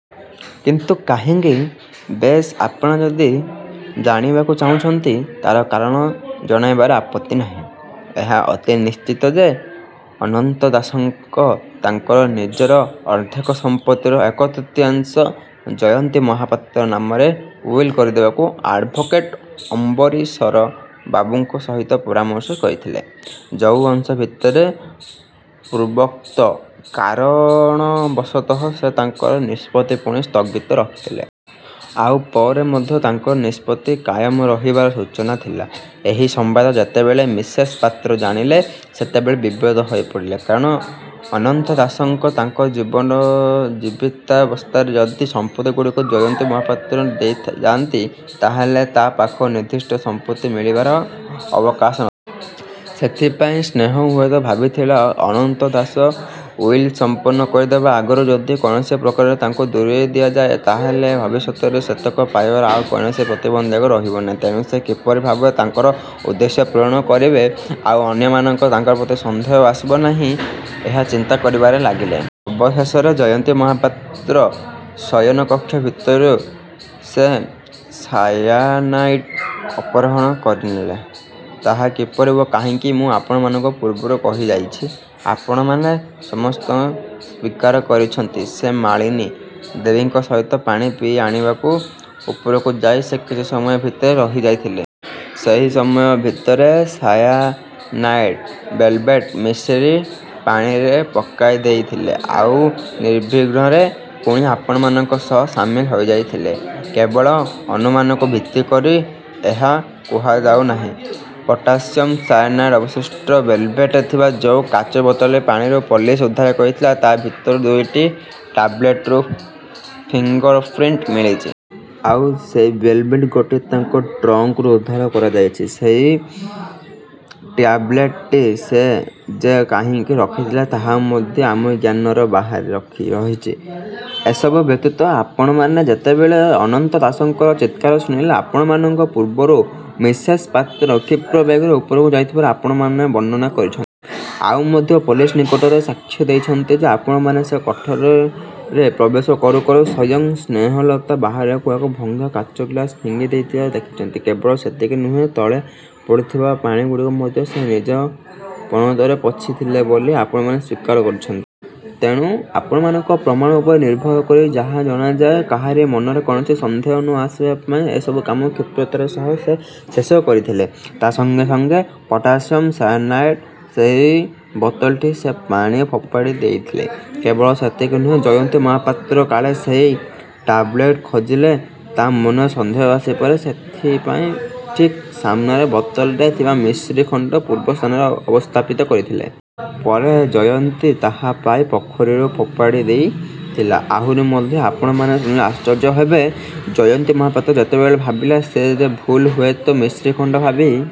' 'କିନ୍ତୁ କାହିଁକି? ' 'ବେଶ୍, ଆପଣ ଯଦି ଜାଣିବାକୁ ଚାହୁଁଛନ୍ତି, ତାର କାରଣ ଜଣାଇବାରେ ଆପତ୍ତି ନାହିଁ। ଏହା ଅତି ନିଶ୍ଚିତ ଯେ ଅନନ୍ତ ଦାସ ତାଙ୍କର ନିଜ ଅର୍ଦ୍ଧେକ ସଂପତ୍ତିର ଏକତୃତୀୟାଂଶ ଜୟନ୍ତୀ ମହାପାତ୍ର ନାମରେ ଉଇଲ୍ କରିଦେବାକୁ ଆଡ଼୍ଭୋକେଟ ଅମ୍ବରୀଶବାବୁଙ୍କ ସହିତ ପରାମର୍ଶ କରିଥିଲେ, ଯୋଉ ଅଂଶ ଭିତରେ ପୂର୍ବୋକ୍ତ କାରଣବଶତଃ ସେ ତାଙ୍କ ନିଷ୍ପତ୍ତି ପୁଣି ସ୍ଥଗିତ ରଖିଥିଲେ। ଆଉ ପରେ ମଧ୍ୟ ତାଙ୍କର ନିଷ୍ପତ୍ତି କାୟମ ରହିବାର ସୂଚନା ଥିଲା। ଏଇ ସମ୍ବାଦ ଯେତେବେଳେ ମିସେସ ପାତ୍ର ଜାଣିଲେ ସେତେବେଳେ ବିବ୍ରତ ହେଇପଡ଼ିଲେ। କାରଣ ଅନନ୍ତ ଦାସ ତାଙ୍କ ଜୀବିତାବସ୍ଥାରେ ଯଦି ସମ୍ପତ୍ତିଗୁଡ଼ିକୁ ଜୟନ୍ତୀ ମହାପାତ୍ରକୁ ଦେଇଯାଆନ୍ତି ତା'ହେଲେ ତା ପାଖରୁ ନିର୍ଦ୍ଦିଷ୍ଟ ସଂପତ୍ତି ମିଳିବାର ଅବକାଶ ନ ଥିଲା। ସେଇଥିପାଇଁ ସ୍ନେହ ହୁଏତ ଭାବିଥିଲେ ଅନନ୍ତ ଦାସ ଉଇଲ ସଂପନ୍ନ କରିଦେବା ଆଗରୁ ଯଦି କୌଣସିପ୍ରକାରେ ତାଙ୍କୁ ଦୂରେଇଦିଆଯାଏ, ତା'ହେଲେ ଭବିଷ୍ୟତରେ ସେତକ ପାଇବାରେ ଆଉ କୌଣସି ପ୍ରତିବନ୍ଧକ ରହିବ ନାହିଁ। ତେଣୁ ସେ କିପରି ଭାବରେ ତାଙ୍କର ଉଦ୍ଦେଶ୍ୟ ପୂରଣ କରିବେ, ଆଉ ଅନ୍ୟମାନଙ୍କର ତାଙ୍କ ପ୍ରତି ସନ୍ଦେହ ଆସିବ ନାହିଁ, ଏହା ଚିନ୍ତା କରିବାରେ ଲାଗିଲେ। ଅବଶେଷରେ ଜୟନ୍ତୀ ମହାପାତ୍ରର ଶୟନକକ୍ଷ ଭିତରୁ ସେ ସାୟାନାଇଡ଼୍ ଅପହରଣ କରିନେଲେ। ତାହା କିପରି ଓ କାହିଁକି, ମୁଁ ଆପଣମାନଙ୍କୁ ପୂର୍ବରୁ କହିଯାଇଛି। ଆପଣମାନେ ସମସ୍ତେ ସ୍ୱୀକାର କରିଛନ୍ତି ଯେ ମାଳିନୀ ଦେବୀଙ୍କ ସହିତ ପାଣି ଆଣିବାକୁ ଉପରକୁ ଯାଇ ସେ କିଛି ସମୟ ଭିତରେ ରହିଯାଇଥିଲେ। ସେଇ ସମୟ ଭିତରେ ସାଇନାୟଡ଼୍ ଟେବଲେଟ ମିଶିର ପାଣିରେ ପକାଇଦେଇଥିଲେ, ଆଉ ନିର୍ବିଘ୍ନରେ ପୁଣି ଆପଣମାନଙ୍କ ସହ ସାମିଲ ହୋଇଯାଇଥିଲେ। 'କେବଳ ଅନୁମାନକୁ ଭିତ୍ତି କରି ଏହା କୁହାଯାଉନାହିଁ। ପୋଟାସିୟମ ସାଇନାୟଡ଼ର ଅବଶିଷ୍ଟ ଟେବଲେଟ ଥିବା ଯୋଉ କାଚ ବୋତଲଟି ପାଣିରୁ ପୋଲିସ ଉଦ୍ଧାର କରିଥିଲେ, ତା ଭିତରେ ଦୁଇଟି ଟେବଲେଟରୁ ଫିଙ୍ଗର ପ୍ରିଣ୍ଟ ମିଳିଛି। ଆଉ ସେଇ ଟ୍ୟାବଲେଟ ଗୋଟିଏ ତାଙ୍କ ଟ୍ରଙ୍କରୁ ଉଦ୍ଧାର କରାଯାଇଛି। ସେଇ ଟ୍ୟାବଲେଟଟି ସେ ଯେ କାହିଁକି ରଖିଥିଲେ ତାହା ମଧ୍ୟ ଆମ ଜ୍ଞାନର ବାହାରେ ରହିଛି। 'ଏସବୁ ବ୍ୟତୀତ ଆପଣମାନେ ଯେତେବେଳେ ଅନନ୍ତ ଦାସଙ୍କର ଚିତ୍କାର ଶୁଣିଲେ, ଆପଣମାନଙ୍କ ପୂର୍ବରୁ ମିସେସ ପାତ୍ର କ୍ଷିପ୍ର ବେଗରେ ଉପରକୁ ଯାଇଥିବାର ଆପଣମାନେ ବର୍ଣ୍ଣନା କରିଛନ୍ତି। ଆଉ ମଧ୍ୟ ପୋଲିସ ନିକଟରେ ସାକ୍ଷ୍ୟ ଦେଇଛନ୍ତି ଯେ ଆପଣମାନେ ସେ କୋଠରିରେ ପ୍ରବେଶ କରୁ କରୁ ସ୍ୱୟଂ ସ୍ନେହଲତା ବାହାରକୁ ଏକ ଭଙ୍ଗା କାଚଗ୍ଳାସ ଫିଙ୍ଗିଦେଇଥିବାର ଦେଖିଛନ୍ତି-। କେବଳ ସେତିକି ନୁହେଁ, ତଳେ ପଡ଼ିଥିବା ପାଣିଗୁଡ଼ିକ ମଧ୍ୟ ସେ ନିଜ ପଣତରେ ପୋଛିଥିଲେ ବୋଲି ଆପଣମାନେ ସ୍ୱୀକାର କରିଛନ୍ତି। ତେଣୁ ଆପଣମାନଙ୍କ ପ୍ରମାଣ ଉପରେ ନିର୍ଭର କରି ଯାହା ଜଣାଯାଏ, କାହାରି ମନରେ କୌଣସି ସନ୍ଦେହ ନ ଆସିବା ପାଇଁ ଏସବୁ କାମ କ୍ଷିପ୍ରତାର ସହ ସେ ଶେଷ କରିଥିଲେ। ତା ସଙ୍ଗେ ସଙ୍ଗେ ପୋଟାସିଅମ ସାଇନାଇଡ଼୍ଥିବା ସେଇ ବୋତଲଟି ସେ ପାଣିକୁ ଫୋପାଡ଼ିଦେଇଥିଲେ। 'କେବଳ ସେତିକି ନୁହେଁ, ଜୟନ୍ତୀ ମହାପାତ୍ର କାଳେ ସେଇ ଟେବଲେଟ ଖୋଜିଲେ ତା'ମନରେ ସନ୍ଦେହ ଆସିପାରେ, ସେଥିପାଇଁ ଠିକ ସମାନ ବୋତଲରେ ଥିବା ମିଶ୍ରିଖଣ୍ଡ ପୂର୍ବ ସ୍ଥାନରେ ଅବସ୍ଥାପିତ କରିଥିଲେ। ପରେ ଜୟନ୍ତୀ ତାହା ପାଇ ପୋଖରୀକୁ ଫୋପାଡ଼ିଦେଇଥିଲା। 'ଆହୁରି ମଧ୍ୟ ଆପଣମାନେ ଶୁଣିଲେ ଆଶ୍ଚର୍ଯ୍ୟ ହେବେ, ଜୟନ୍ତୀ ମହାପାତ୍ର ଯେତେବେଳେ ଭାବିଲା ଯେ ସେ ଭୁଲରେ ହୁଏତ ମିଶ୍ରିଖଣ୍ଡ ଭାବି